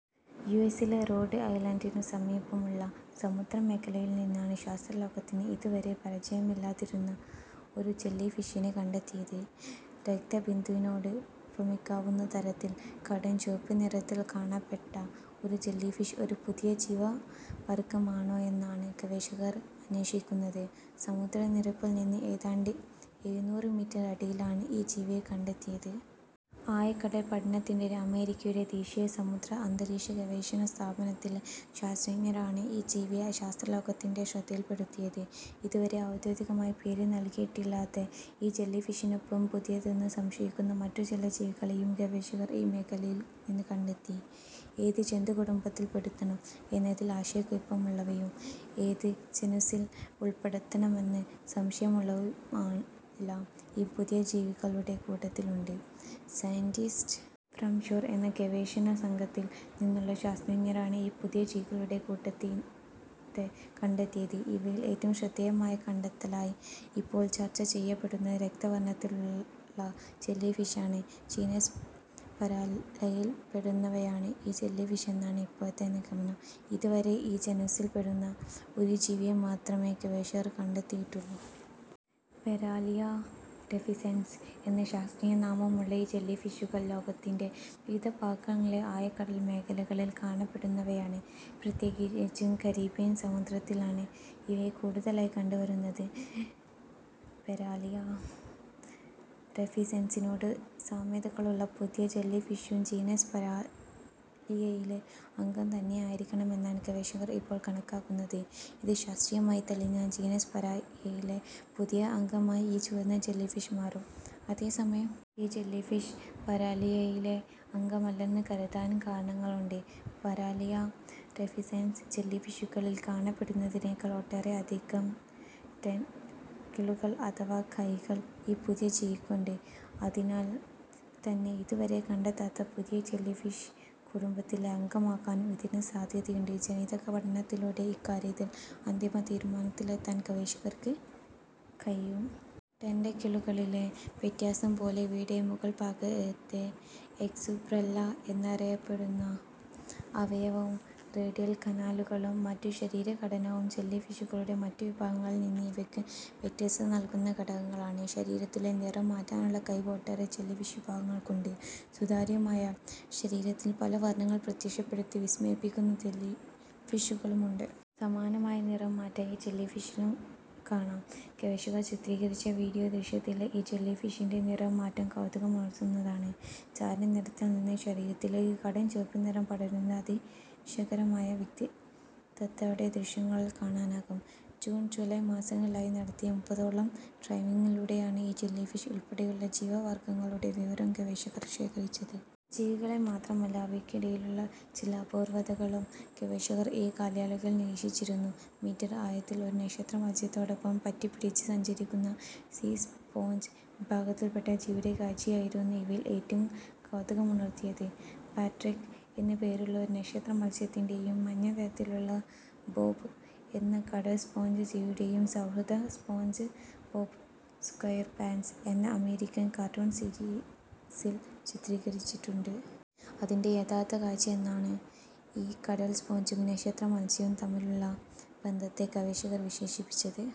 യുഎസിലെ റോഡ് ഐലൻഡിനു സമീപമുള്ള സമുദ്രമേഖലയിൽ നിന്നാണ് ശാസ്ത്രലോകത്തിന് ഇതുവരെ പരിചയമില്ലാതിരുന്ന ഒരു ജെല്ലിഫിഷിനെ കണ്ടെത്തിയത്. രക്തബിന്ദുവിനോട് ഉപമിക്കാവുന്ന തരത്തിൽ കടുംചുവപ്പ് നിറത്തിൽ കാണപ്പെട്ട ഈ ജെല്ലിഫിഷ് ഒരു പുതിയ ജീവിവർഗമാണോയെന്നാണ് ഗവേഷകർ അന്വേഷിക്കുന്നത്. സമുദ്രനിരപ്പിൽ നിന്ന് ഏതാണ്ട് എഴുനൂറ് മീറ്റർ അടിയിലാണ് ഈ ജീവിയെ കണ്ടെത്തിയത്. ആഴക്കടൽ പഠനത്തിനിടെ അമേരിക്കയുടെ ദേശീയ സമുദ്ര അന്തരീക്ഷ ഗവേഷണ സ്ഥാപനത്തിലെ ശാസ്ത്രജ്ഞരാണ് ഈ ജീവിയെ ശാസ്ത്രലോകത്തിന്റെ ശ്രദ്ധയിൽപ്പെടുത്തിയത്. ഇതുവരെ ഔദ്യോഗികമായി പേര് നൽകിയിട്ടില്ലാത്ത ഈ ജെല്ലിഫിഷിനൊപ്പം പുതിയതെന്ന് സംശയിക്കുന്ന മറ്റ് ചില ജീവികളെയും ഗവേഷകർ ഈ മേഖലയിൽ നിന്ന് കണ്ടെത്തി. ഏത് ജന്തുകുടുംബത്തിൽ പെടുത്തണം എന്നതിൽ ആശയക്കുഴപ്പമുള്ളവയും ഏത് ജനുസ്സിൽ ഉൾപ്പെടുത്തണമെന്ന് സംശയമുള്ളവയുമെല്ലാം ഈ പുതിയ ജീവികളുടെ കൂട്ടത്തിലുണ്ട്. സയന്റിസ്റ്റ് ഫ്രം ഷോർ എന്ന ഗവേഷകസംഘത്തിൽ നിന്നുള്ള ശാസ്ത്രജ്ഞരാണ് ഈ പുതിയ ജീവികളുടെ കൂട്ടത്തെ കണ്ടെത്തിയത്. ഇവയിൽ ഏറ്റവും ശ്രദ്ധേയമായ കണ്ടെത്തലായി ഇപ്പോൾ ചർച്ച ചെയ്യപ്പെടുന്നത് രക്തവർണത്തിലുള്ള ജെല്ലിഫിഷാണ്. ജീനസ് പരാലിയയിൽപ്പെടുന്നവയാണ് ഈ ജെല്ലിഫിഷെന്നാണ് ഇപ്പോഴത്തെ നിഗമനം. ഇതുവരെ ഈ ജനുസ്സിൽപ്പെടുന്ന ഒരു ജീവിയെ മാത്രമേ ഗവേഷകർ കണ്ടെത്തിയിട്ടുള്ളൂ. പൊരാലിയ റഫിസെൻസ് എന്ന ശാസ്ത്രീയ നാമമുള്ള ഈ ജെല്ലിഫിഷുകൾ ലോകത്തിന്റെ വിവിധ ഭാഗങ്ങളിലെ ആഴക്കടൽ മേഖലകളിൽ കാണപ്പെടുന്നവയാണ്. പ്രത്യേകിച്ചും കരീബിയൻ സമുദ്രത്തിലാണ് ഇവയെ കൂടുതലായി കണ്ടുവരുന്നത്. പൊരാലിയ റഫിസെൻസിനോട് സാമ്യതകളുള്ള പുതിയ ജെല്ലിഫിഷും ജീനസ് പരാലിയയിലെ അംഗം തന്നെയായിരിക്കാമെന്നാണ് ഗവേഷകർ ഇപ്പോൾ കണക്കാക്കുന്നത്. ഇത് ശാസ്ത്രീയമായി തെളിഞ്ഞാൽ ജീനസ് പരാലിയയിലെ പുതിയ അംഗമായി ഈ ചുവന്ന ജെല്ലിഫിഷ് മാറും. അതേസമയം ഈ ജെല്ലിഫിഷ് പരാലിയയിലെ അംഗമല്ലെന്ന് കരുതാനും കാരണങ്ങളുണ്ട്. പരാലിയ റഫിസെൻസ് ജെല്ലിഫിഷുകളിൽ കാണപ്പെടുന്നതിനേക്കാൾ ഒട്ടേറെ അധികം ടെന്റക്കിളുകൾ അഥവാ കൈകൾ ഈ പുതിയ ജീവിക്കുണ്ട്. അതിനാൽ തന്നെ ഇതുവരെ കണ്ടെത്താത്ത പുതിയ ജെല്ലിഫിഷ് കുടുംബത്തിലെ അംഗമാകാനും ഇതിന് സാധ്യതയുണ്ട്. ജനിതക പഠനത്തിലൂടെ ഇക്കാര്യത്തിൽ അന്തിമ തീരുമാനത്തിലെത്താൻ ഗവേഷകർക്ക് കഴിയും. ടെന്റക്കിളുകളിലെ വ്യത്യാസം പോലെ ഇവയുടെ മുകൾഭാഗത്തെ എക്സുബ്രല്ലാ എന്നറിയപ്പെടുന്ന അവയവവും റേഡിയൽ കനാലുകളും മറ്റ് ശരീരഘടനകളും ജെല്ലിഫിഷുകളുടെ മറ്റ് വിഭാഗങ്ങളിൽ നിന്ന് ഇവയ്ക്ക് വ്യത്യസ്തത നൽകുന്ന ഘടകങ്ങളാണ്. ശരീരത്തിലെ നിറം മാറ്റാനുള്ള കഴിവ് ഒട്ടേറെ ജെല്ലിഫിഷ് വിഭാഗങ്ങൾക്കുണ്ട്. സുതാര്യമായ ശരീരത്തിൽ പല വർണങ്ങൾ പ്രത്യക്ഷപ്പെടുത്തി വിസ്മയിപ്പിക്കുന്ന ജെല്ലിഫിഷുകളുമുണ്ട്. സമാനമായ നിറം മാറ്റം ഈ ജെല്ലിഫിഷിലും കാണാം. ഗവേഷകർ ചിത്രീകരിച്ച വീഡിയോ ദൃശ്യത്തിലെ ഈ ജെല്ലിഫിഷിന്റെ നിറം മാറ്റം കൗതുകമുണർത്തുന്നതാണ്. ചാരനിറത്തിൽ നിന്ന് ശരീരത്തിലേക്ക് കടുംചുവപ്പ് നിറം പടരുന്നത് അതിശയകരമായ വ്യക്തതയോടെ ദൃശ്യങ്ങളിൽ കാണാനാകും. ജൂൺ ജൂലൈ മാസങ്ങളിലായി നടത്തിയ മുപ്പതോളം ഡൈവിങ്ങിലൂടെയാണ് ഈ ജെല്ലിഫിഷ് ഉൾപ്പെടെയുള്ള ജീവിവർഗങ്ങളുടെ വിവരങ്ങൾ ഗവേഷകർ ശേഖരിച്ചത്. ജീവികളെ മാത്രമല്ല അവയ്ക്കിടയിലുള്ള ചില അപൂർവതകളും ഗവേഷകർ ഈ കാലയളവിൽ നിരീക്ഷിച്ചിരുന്നു. മീറ്റർ ആഴത്തിൽ ഒരു നക്ഷത്രമത്സ്യത്തോടൊപ്പം പറ്റിപ്പിടിച്ച് സഞ്ചരിക്കുന്ന സീ സ്പോഞ്ച് വിഭാഗത്തിൽപ്പെട്ട ജീവിയുടെ കാഴ്ചയായിരുന്നു ഇവയിൽ ഏറ്റവും കൗതുകമുണർത്തിയത്. പാട്രിക് എന്ന് പേരുള്ള ഒരു നക്ഷത്രമത്സ്യത്തിന്റെയും മഞ്ഞനിറത്തിലുള്ള ബോബ് എന്ന കടൽസ്പോഞ്ച് ജീവിയുടെയും സൗഹൃദം സ്പോഞ്ച്ബോബ് സ്ക്വയർപാന്റ്സ് എന്ന അമേരിക്കൻ കാർട്ടൂൺ സീരീസിൽ ചിത്രീകരിച്ചിട്ടുണ്ട്. അതിന്റെ യഥാർഥ കാഴ്ചയെന്നാണ് ഈ കടൽസ്പോഞ്ചും നക്ഷത്രമത്സ്യവും തമ്മിലുള്ള ബന്ധത്തെ ഗവേഷകർ വിശേഷിപ്പിച്ചത്.